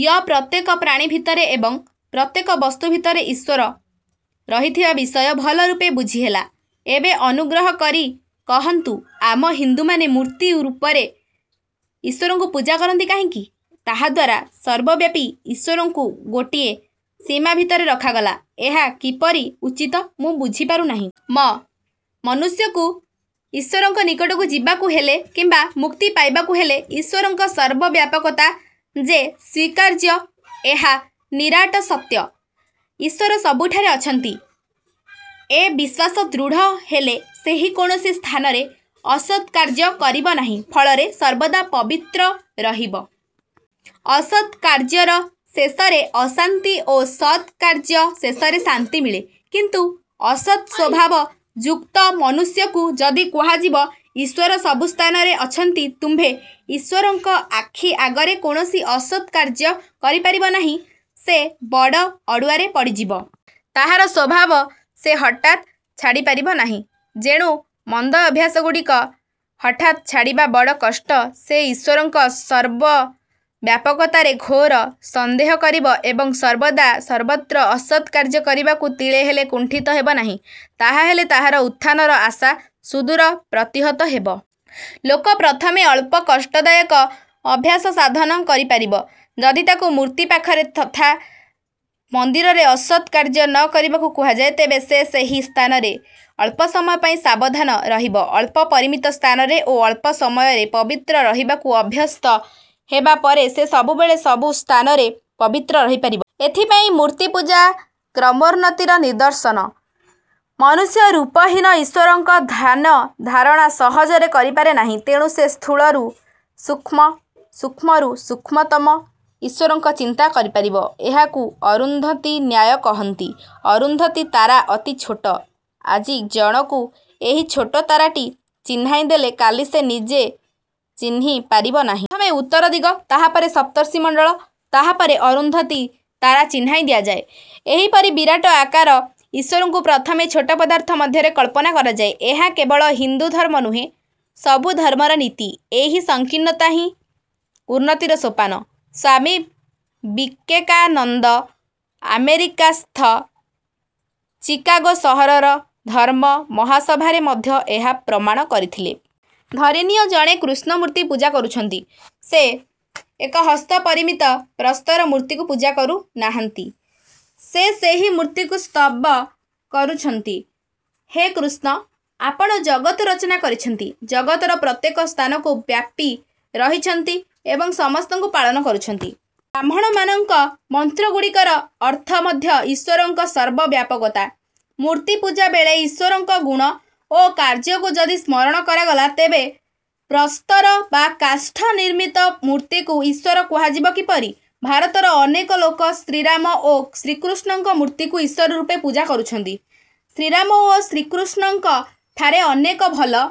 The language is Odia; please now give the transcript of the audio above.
ୟ-ପ୍ରତ୍ୟେକ ପ୍ରାଣୀ ଭିତରେ ଏବଂ। ପ୍ରତ୍ୟେକ ବସ୍ତୁ ଭିତରେ ଈଶ୍ଵର ରହିଥିବା ବିଷୟ ଭଲରୂପେ ବୁଝି ହେଲା। ଏବେ ଅନୁଗ୍ରହ କରି କହନ୍ତୁ, ଆମ ହିନ୍ଦୁମାନେ ମୂର୍ତ୍ତି ରୂପରେ ଈଶ୍ଵରଙ୍କୁ ପୂଜା କରନ୍ତି କାହିଁକି? ତାହାଦ୍ୱାରା ସର୍ବବ୍ୟାପୀ ଈଶ୍ଵରଙ୍କୁ ଗୋଟିଏ ସୀମା ଭିତରେ ରଖାଗଲା। ଏହା କିପରି ଉଚିତ, ମୁଁ ବୁଝିପାରୁ ନାହିଁ। ମ-ମନୁଷ୍ୟକୁ ଈଶ୍ଵରଙ୍କ ନିକଟକୁ ଯିବାକୁ ହେଲେ କିମ୍ବା ମୁକ୍ତି ପାଇବାକୁ ହେଲେ ଈଶ୍ଵରଙ୍କ ସର୍ବବ୍ୟାପକତା ଯେ ସ୍ଵୀକାର୍ଯ୍ୟ, ଏହା ନିରାଟ ସତ୍ୟ। ଈଶ୍ଵର ସବୁଠାରେ ଅଛନ୍ତି, ଏ ବିଶ୍ଵାସ ଦୃଢ଼ ହେଲେ କେହି କୌଣସି ସ୍ଥାନରେ ଅସତ୍ କାର୍ଯ୍ୟ କରିବ ନାହିଁ; ଫଳରେ ସର୍ବଦା ପବିତ୍ର ରହିବ। ଅସତ୍ କାର୍ଯ୍ୟର ଶେଷରେ ଅଶାନ୍ତି ଓ ସତ୍ କାର୍ଯ୍ୟ ଶେଷରେ ଶାନ୍ତି ମିଳେ। କିନ୍ତୁ ଅସତ୍ ସ୍ଵଭାବ ଯୁକ୍ତ ମନୁଷ୍ୟକୁ ଯଦି କୁହାଯିବ, "ଈଶ୍ଵର ସବୁ ସ୍ଥାନରେ ଅଛନ୍ତି। ତୁମ୍ଭେ ଈଶ୍ଵରଙ୍କ ଆଖି ଆଗରେ କୌଣସି ଅସତ୍ କାର୍ଯ୍ୟ କରିପାରିବ ନାହିଁ। " ସେ ବଡ଼ ଅଡ଼ୁଆରେ ପଡ଼ିଯିବ। ତାହାର ସ୍ଵଭାବ ସେ ହଠାତ୍ ଛାଡ଼ିପାରିବ ନାହିଁ। ଯେଣୁ ମନ୍ଦ ଅଭ୍ୟାସଗୁଡ଼ିକ ହଠାତ୍ ଛାଡ଼ିବା ବଡ଼ କଷ୍ଟ। ସେ ଈଶ୍ଵରଙ୍କ ସର୍ବବ୍ୟାପକତାରେ ଘୋର ସନ୍ଦେହ କରିବ ଏବଂ ସର୍ବଦା ସର୍ବତ୍ର ଅସତ୍ କାର୍ଯ୍ୟ କରିବାକୁ ତିଳେହେଲେ କୁଣ୍ଠିତ ହେବ ନାହିଁ। ତାହାହେଲେ ତାହାର ଉତ୍ଥାନର ଆଶା ସୁଦୂର ପ୍ରତିହତ ହେବ-। ଲୋକ ପ୍ରଥମେ ଅଳ୍ପ କଷ୍ଟଦାୟକ ଅଭ୍ୟାସ ସାଧନ କରିପାରିବ। ଯଦି ତାକୁ ମୂର୍ତ୍ତି ପାଖରେ ତଥା ମନ୍ଦିରରେ ଅସତ୍ କାର୍ଯ୍ୟ ନ କରିବାକୁ କୁହାଯାଏ, ତେବେ ସେ ସେହି ସ୍ଥାନରେ ଅଳ୍ପ ସମୟ ପାଇଁ ସାବଧାନ ରହିବ। ଅଳ୍ପ ପରିମିତି ସ୍ଥାନରେ ଓ ଅଳ୍ପ ସମୟରେ ପବିତ୍ର ରହିବାକୁ ଅଭ୍ୟସ୍ତ ହେବା ପରେ ସେ ସବୁବେଳେ ସବୁ ସ୍ଥାନରେ ପବିତ୍ର ରହି ପାରିବ। ଏଥିପାଇଁ ମୂର୍ତ୍ତିପୂଜା କ୍ରମୋନ୍ନତିର ନିଦର୍ଶନ। ମନୁଷ୍ୟ ରୂପହୀନ ଈଶ୍ଵରଙ୍କ ଧ୍ୟାନ ଧାରଣା ସହଜରେ କରିପାରେ ନାହିଁ। ତେଣୁ ସେ ସ୍ଥୂଳରୁ ସୂକ୍ଷ୍ମ, ସୂକ୍ଷ୍ମରୁ ସୂକ୍ଷ୍ମତମ ଈଶ୍ଵରଙ୍କ ଚିନ୍ତା କରିପାରିବ। ଏହାକୁ ଅରୁନ୍ଧତୀନ୍ୟାୟ କହନ୍ତି। ଅରୁନ୍ଧତୀ ତାରା ଅତି ଛୋଟ। ଆଜି ଜଣକୁ ଏହି ଛୋଟ ତାରାଟି ଚିହ୍ନାଇ ଦେଲେ କାଲି ସେ ନିଜେ ଚିହ୍ନି ପାରିବ ନାହିଁ। ପ୍ରଥମେ ଉତ୍ତର ଦିଗ, ତାହାପରେ ସପ୍ତର୍ଷିମଣ୍ଡଳ, ତାହାପରେ ଅରୁନ୍ଧତୀ ତାରା ଚିହ୍ନାଇ ଦିଆଯାଏ। ଏହିପରି ବିରାଟ ଆକାର ଈଶ୍ଵରଙ୍କୁ ପ୍ରଥମେ ଛୋଟ ପଦାର୍ଥ ମଧ୍ୟରେ କଳ୍ପନା କରାଯାଏ। ଏହା କେବଳ ହିନ୍ଦୁ ଧର୍ମ ନୁହେଁ, ସବୁ ଧର୍ମର ନୀତି। ଏହି ସଂକୀର୍ଣ୍ଣତାହିଁ ଉନ୍ନତିର ସୋପାନ। ସ୍ଵାମୀ ବିକେକାନନ୍ଦ ଆମେରିକାସ୍ଥ ଚିକାଗୋ ସହରର ଧର୍ମ ମହାସଭାରେ ମଧ୍ୟ ଏହା ପ୍ରମାଣ କରିଥିଲେ। ଧରିନିଅ, ଜଣେ କୃଷ୍ଣ ମୂର୍ତ୍ତି ପୂଜା କରୁଛନ୍ତି। ସେ ଏକ ହସ୍ତ ପରିମିତ ପ୍ରସ୍ତର ମୂର୍ତ୍ତିକୁ ପୂଜା କରୁ ନାହାନ୍ତି। ସେ ସେହି ମୂର୍ତ୍ତିକୁ ସ୍ତବ କରୁଛନ୍ତି, "ହେ କୃଷ୍ଣ! ଆପଣ ଜଗତ ରଚନା କରିଛନ୍ତି, ଜଗତର ପ୍ରତ୍ୟେକ ସ୍ଥାନକୁ ବ୍ୟାପି ରହିଛନ୍ତି ଏବଂ ସମସ୍ତଙ୍କୁ ପାଳନ କରୁଛନ୍ତି। " ବ୍ରାହ୍ମଣମାନଙ୍କ ମନ୍ତ୍ରଗୁଡ଼ିକର ଅର୍ଥ ମଧ୍ୟ ଈଶ୍ଵରଙ୍କ ସର୍ବ ବ୍ୟାପକତା। ମୂର୍ତ୍ତି ପୂଜା ବେଳେ ଈଶ୍ଵରଙ୍କ ଗୁଣ ଓ କାର୍ଯ୍ୟକୁ ଯଦି ସ୍ମରଣ କରାଗଲା, ତେବେ ପ୍ରସ୍ତର ବା କାଷ୍ଠ ନିର୍ମିତ ମୂର୍ତ୍ତିକୁ ଈଶ୍ଵର କୁହାଯିବ କିପରି? ଭାରତର ଅନେକ ଲୋକ ଶ୍ରୀରାମ ଓ ଶ୍ରୀକୃଷ୍ଣଙ୍କ ମୂର୍ତ୍ତିକୁ ଈଶ୍ଵରରୂପେ ପୂଜା କରୁଛନ୍ତି। ଶ୍ରୀରାମ ଓ ଶ୍ରୀକୃଷ୍ଣଙ୍କ ଠାରେ ଅନେକ ଭଲ